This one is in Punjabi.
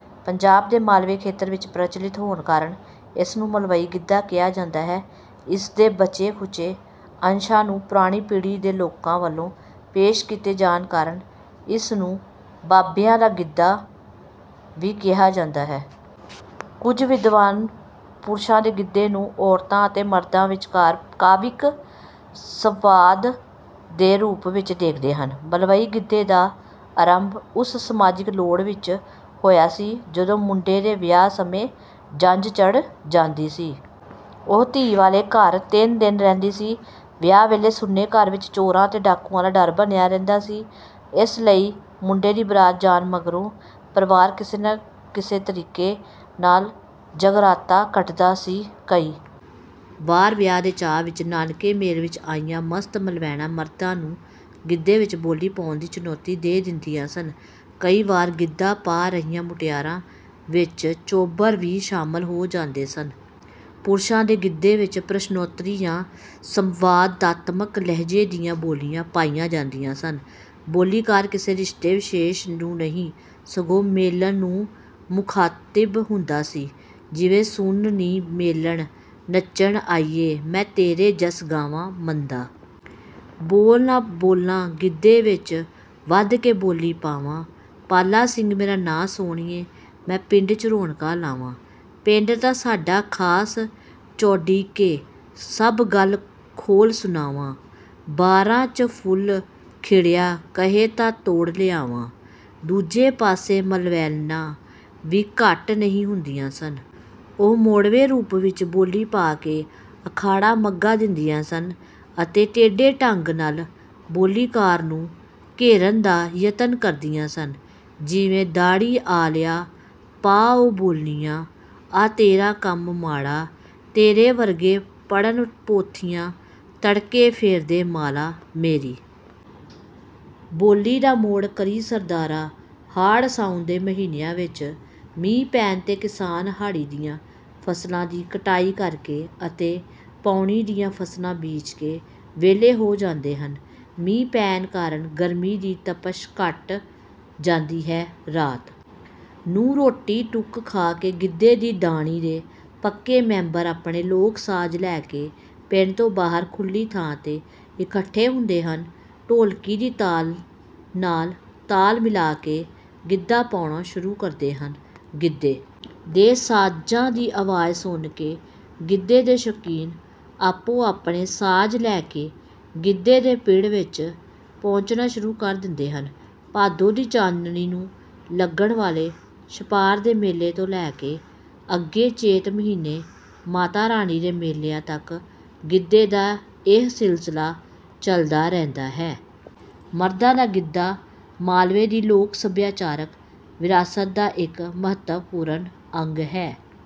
ਪੰਜਾਬ ਦੇ ਮਾਲਵੇ ਖੇਤਰ ਵਿੱਚ ਪ੍ਰਚੱਲਿਤ ਹੋਣ ਕਾਰਨ ਇਸ ਨੂੰ ਮਲਵਈ ਗਿੱਧਾ ਕਿਹਾ ਜਾਂਦਾ ਹੈ। ਇਸ ਦੇ ਬਚੇ-ਖੁਚੇ ਅੰਸ਼ਾਂ ਨੂੰ ਪੁਰਾਣੀ ਪੀੜ੍ਹੀ ਦੇ ਲੋਕਾਂ ਵੱਲੋਂ ਪੇਸ਼ ਕੀਤੇ ਜਾਣ ਕਾਰਨ ਇਸ ਨੂੰ ਬਾਬਿਆਂ ਦਾ ਗਿੱਧਾ ਵੀ ਕਿਹਾ ਜਾਂਦਾ ਹੈ। ਕੁਝ ਵਿਦਵਾਨ ਪੁਰਸ਼ਾਂ ਦੇ ਗਿੱਧੇ ਨੂੰ ਔਰਤਾਂ ਅਤੇ ਮਰਦਾਂ ਵਿਚਕਾਰ ਕਾਵਿਕ ਸੰਵਾਦ ਦੇ ਰੂਪ ਵਿੱਚ ਦੇਖਦੇ ਹਨ। ਮਲਵਈ ਗਿੱਧੇ ਦਾ ਆਰੰਭ ਉਸ ਸਮਾਜਿਕ ਲੋੜ ਵਿੱਚ ਹੋਇਆ ਸੀ, ਜਦੋਂ ਮੁੰਡੇ ਦੇ ਵਿਆਹ ਸਮੇਂ ਜੰਝ ਚੜ੍ਹ ਜਾਂਦੀ ਸੀ। ਉਹ ਧੀ ਵਾਲੇ ਘਰ ਤਿੰਨ ਦਿਨ ਰਹਿੰਦੀ ਸੀ। ਵਿਆਹ ਵੇਲੇ ਸੁੰਨੇ ਘਰ ਵਿੱਚ ਚੋਰਾਂ ਅਤੇ ਡਾਕੂਆਂ ਦਾ ਡਰ ਬਣਿਆ ਰਹਿੰਦਾ ਸੀ। ਇਸ ਲਈ ਮੁੰਡੇ ਦੀ ਬਰਾਤ ਜਾਣ ਮਗਰੋਂ ਪਰਿਵਾਰ ਕਿਸੇ ਨਾ ਕਿਸੇ ਤਰੀਕੇ ਨਾਲ ਜਾਗਰਾਤਾ ਕੱਟਦਾ ਸੀ। ਕਈ ਵਾਰ ਵਿਆਹ ਦੇ ਚਾਅ ਵਿੱਚ ਨਾਨਕੇ ਮੇਲ ਵਿੱਚ ਆਈਆਂ ਮਸਤ-ਮਲਵੈਣਾਂ ਮਰਦਾਂ ਨੂੰ ਗਿੱਧੇ ਵਿੱਚ ਬੋਲੀ ਪਾਉਣ ਦੀ ਚੁਣੌਤੀ ਦੇ ਦਿੰਦੀਆਂ ਸਨ। ਕਈ ਵਾਰ ਗਿੱਧਾ ਪਾ ਰਹੀਆਂ ਮੁਟਿਆਰਾਂ ਵਿੱਚ ਚੋਬਰ ਵੀ ਸ਼ਾਮਲ ਹੋ ਜਾਂਦੇ ਸਨ। ਪੁਰਸ਼ਾਂ ਦੇ ਗਿੱਧੇ ਵਿੱਚ ਪ੍ਰਸ਼ਨੋੱਤਰੀ ਜਾਂ ਸੰਵਾਦਾਤਮਕ ਲਹਿਜ਼ੇ ਦੀਆਂ ਬੋਲੀਆਂ ਪਾਈਆਂ ਜਾਂਦੀਆਂ ਸਨ। ਬੋਲੀਕਾਰ ਕਿਸੇ ਰਿਸ਼ਤੇ-ਵਿਸ਼ੇਸ਼ ਨੂੰ ਨਹੀਂ, ਸਗੋਂ ਮੇਲਣ ਨੂੰ ਮੁਖਾਤਿਬ ਹੁੰਦਾ ਸੀ। ਜਿਵੇ ਸੁਣ ਨੀ ਮੇਲਣ ਨੱਚਣ ਆਈਏ, ਮੈਂ ਤੇਰੇ ਜੱਸ ਗਾਵਾਂ। ਮੰਦਾ ਬੋਲ ਨਾ ਬੋਲਾ ਗਿੱਧੇ ਵਿੱਚ, ਵੱਧ ਕੇ ਬੋਲੀ ਪਾਵਾਂ। ਪਾਲਾ ਸਿੰਘ ਮੇਰਾ ਨਾਂ ਸੋਹਣੀਏ, ਮੈਂ ਪਿੰਡ ’ਚ ਰੌਣਕਾਂ ਲਾਵਾਂ। ਪਿੰਡ ਤਾਂ ਸਾਡਾ ਖਾਸ ਚੋਡੀਕੇ, ਸਭ ਗੱਲ ਖੋਲ੍ਹ ਸੁਣਾਵਾਂ। ਬਾਰਾਂ ’ਚ ਫੁੱਲ ਖਿੜਿਆ, ਕਹੇ ਤਾਂ ਤੋੜ ਲਿਆਵਾਂ। ਦੂਜੇ ਪਾਸੇ ਮਲਵੈਣਾਂ ਵੀ ਘੱਟ ਨਹੀਂ ਹੁੰਦੀਆਂ ਸਨ। ਉਹ ਮੋੜਵੇਂ ਰੂਪ ਵਿੱਚ ਬੋਲੀ ਪਾ ਕੇ ਅਖਾੜਾ ਮਘਾ ਦਿੰਦੀਆਂ ਸਨ ਅਤੇ ਟੇਢੇ ਢੰਗ ਨਾਲ ਬੋਲੀਕਾਰ ਨੂੰ ਘੇਰਨ ਦਾ ਯਤਨ ਕਰਦੀਆਂ ਸਨ। ਜਿਵੇਂ ਦਾੜ੍ਹੀ ਆਲਿਆ, ਪਾ ਉਂ ਬੋਲੀਆਂ, ਆਹ ਤੇਰਾ ਕੰਮ ਮਾੜਾ। ਤੇਰੇ ਵਰਗੇ ਪੜ੍ਹਨ ਪੋਥੀਆਂ, ਤੜਕੇ ਫੇਰਦੇ ਮਾਲਾ। ਮੇਰੀ ਬੋਲੀ ਦਾ ਮੋੜ ਕਰੀਂ, ਸਰਦਾਰਾ। ਹਾੜ੍ਹ-ਸਾਉਣ ਦੇ ਮਹੀਨਿਆਂ ਵਿੱਚ ਮੀਂਹ ਪੈਣ ’ਤੇ ਕਿਸਾਨ ਹਾੜੀ ਦੀਆਂ ਫ਼ਸਲਾਂ ਦੀ ਕਟਾਈ ਕਰਕੇ ਅਤੇ ਪਾਉਣੀ ਦੀਆਂ ਫ਼ਸਲਾਂ ਬੀਜ ਕੇ ਵਿਹਲੇ ਹੋ ਜਾਂਦੇ ਹਨ। ਮੀਂਹ ਪੈਣ ਕਾਰਨ ਗਰਮੀ ਦੀ ਤਪਸ਼ ਘੱਟ ਜਾਂਦੀ ਹੈ। ਰਾਤ ਨੂੰ ਰੋਟੀ-ਟੁੱਕ ਖਾ ਕੇ ਗਿੱਧੇ ਦੀ ਢਾਣੀ ਦੇ ਪੱਕੇ ਮੈਂਬਰ ਆਪਣੇ ਲੋਕ-ਸਾਜ਼ ਲੈ ਕੇ ਪਿੰਡ ਤੋਂ ਬਾਹਰ ਖੁੱਲ੍ਹੀ ਥਾਂ ’ਤੇ ਇਕੱਠੇ ਹੁੰਦੇ ਹਨ। ਢੋਲਕੀ ਦੀ ਤਾਲ ਨਾਲ ਤਾਲ ਮਿਲਾ ਕੇ ਗਿੱਧਾ ਪਾਉਣਾ ਸ਼ੁਰੂ ਕਰਦੇ ਹਨ। ਗਿੱਧੇ ਦੇ ਸਾਜ਼ਾਂ ਦੀ ਆਵਾਜ਼ ਸੁਣ ਕੇ ਗਿੱਧੇ ਦੇ ਸ਼ੌਕੀਨ ਆਪੋ-ਆਪਣੇ ਸਾਜ਼ ਲੈ ਕੇ ਗਿੱਧੇ ਦੇ ਪਿੜ ਵਿੱਚ ਪਹੁੰਚਣਾ ਸ਼ੁਰੂ ਕਰ ਦਿੰਦੇ ਹਨ। ਭਾਦੋਂ ਦੀ ਚਾਨਣੀ ਨੂੰ ਲੱਗਣ ਵਾਲੇ ਛਪਾਰ ਦੇ ਮੇਲੇ ਤੋਂ ਲੈ ਕੇ ਅੱਗੇ ਚੇਤ ਮਹੀਨੇ ਮਾਤਾ ਰਾਣੀ ਦੇ ਮੇਲਿਆਂ ਤੱਕ ਗਿੱਧੇ ਦਾ ਇਹ ਸਿਲਸਿਲਾ ਚੱਲਦਾ ਰਹਿੰਦਾ ਹੈ। ਮਰਦਾਂ ਦਾ ਗਿੱਧਾ ਮਾਲਵੇ ਦੀ ਲੋਕ-ਸੱਭਿਆਚਾਰਕ ਵਿਰਾਸਤ ਦਾ ਇੱਕ ਮਹੱਤਵਪੂਰਨ ਅੰਗ ਹੈ।